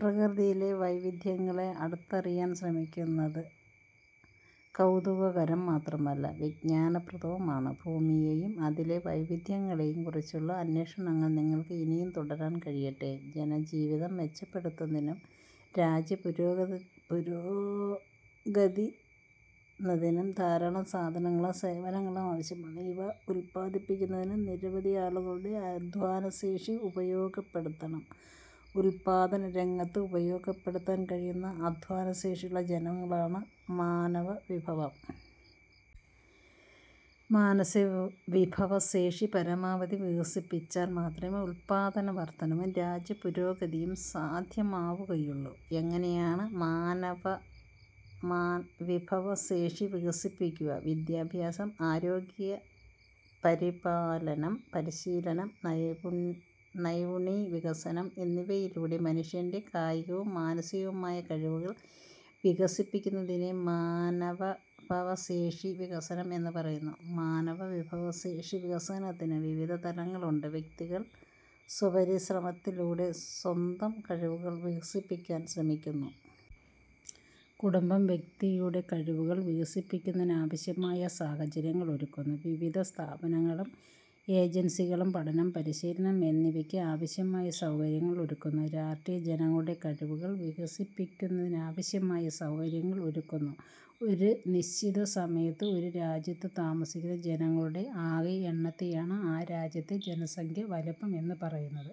പ്രകൃതിയിലെ വൈവിധ്യങ്ങളെ അടുത്തറിയാൻ ശ്രമിക്കുന്നത് കൗതുകകരം മാത്രമല്ല, വിജ്ഞാനപ്രദവുമാണ്. ഭൂമിയെയും അതിലെ വൈവിധ്യങ്ങളെയും കുറിച്ചുള്ള അന്വേഷണങ്ങൾ നിങ്ങൾക്ക് ഇനിയും തുടരാൻ കഴിയട്ടെ. ജനജീവിതം മെച്ചപ്പെടുത്തുന്നതിനും രാജ്യപുരോഗതിന്നതിനും ധാരാളം സാധനങ്ങളും സേവനങ്ങളും ആവശ്യമാണ്. ഇവ ഉൽപാദിപ്പിക്കുന്നതിന് നിരവധിയാളുകളുടെ അധ്വാനശേഷി ഉപയോഗപ്പെടുത്തണം. ഉൽപ്പാദനരംഗത്ത് ഉപയോഗപ്പെടുത്താൻ കഴിയുന്ന അധ്വാനശേഷിയുള്ള ജനങ്ങളാണ് മാനവവിഭവം. മാനവവിഭവശേഷി പരമാവധി വികസിപ്പിച്ചാൽ മാത്രമേ ഉൽപ്പാദന വർധനവും രാജ്യപുരോഗതിയും സാധ്യമാവുകയുള്ളൂ. എങ്ങനെയാണ് മാനവവിഭവശേഷി വികസിപ്പിക്കുക? വിദ്യാഭ്യാസം, ആരോഗ്യപരി പാലനം, പരിശീലനം, നൈപുണി വികസനം എന്നിവയിലൂടെ മനുഷ്യന്റെ കായികവും മാനസികവുമായ കഴിവുകൾ വികസിപ്പിക്കുന്ന തിനെ മാനവവിഭവശേഷി വികസനം എന്നു പറയുന്നു. മാനവവിഭവശേഷിവികസനത്തിന് വിവിധ തലങ്ങളുണ്ട്. വ്യക്തികൾ സ്വപരിശ്രമത്തിലൂടെ സ്വന്തം കഴിവുകൾ വികസിപ്പിക്കാൻ ശ്രമിക്കുന്നു. കുടുംബം വ്യക്തിയുടെ കഴിവുകൾ വികസിപ്പിക്കുന്നതിനാവശ്യമായ സാഹചര്യങ്ങൾ ഒരുക്കുന്നു. വിവിധ സ്ഥാപനങ്ങളും ഏജൻസികളും പഠനം, പരിശീലനം എന്നിവയ്ക്ക് ആവശ്യമായ സൗകര്യങ്ങൾ ഒരുക്കുന്നു. രാഷ്ട്രം ജനങ്ങളുടെ കഴിവുകൾ വികസിപ്പിക്കുന്നതിനാവശ്യമായ സൗകര്യങ്ങൾ ഒരുക്കുന്നു. ഒരു നിശ്ചിത സമയത്ത് ഒരു രാജ്യത്തു താമസിക്കുന്ന ജനങ്ങളുടെ ആകെ എണ്ണത്തെയാണ് ആ രാജ്യത്തെ ജനസംഖ്യാ വലുപ്പം എന്നു പറയുന്നത്.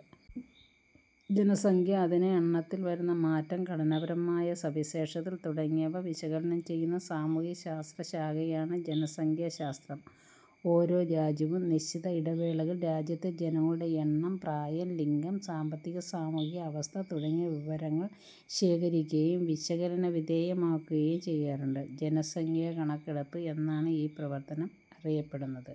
ജനസംഖ്യ, അതിന്റെ എണ്ണത്തിൽ വരുന്ന മാറ്റം, ഘടനാപരമായ സവിശേഷതകൾ തുടങ്ങിയവ വിശകലനം ചെയ്യുന്ന സാമൂഹ്യശാസ്ത്രശാഖയാണ് ജനസംഖ്യാശാസ്ത്രം. ഓരോ രാജ്യവും നിശ്ചിത ഇടവേളകളിൽ രാജ്യത്തെ ജനങ്ങളുടെ എണ്ണം, പ്രായം, ലിംഗം, സാമ്പത്തിക-സാമൂഹിക അവസ്ഥ തുടങ്ങിയ വിവരങ്ങൾ ശേഖരിക്കുകയും വിശകലനവിധേയമാക്കുകയും ചെയ്യാറുണ്ട്. ജനസംഖ്യാകണക്കെടുപ്പ് എന്നാണ് ഈ പ്രവർത്തനം അറിയപ്പെടുന്നത്.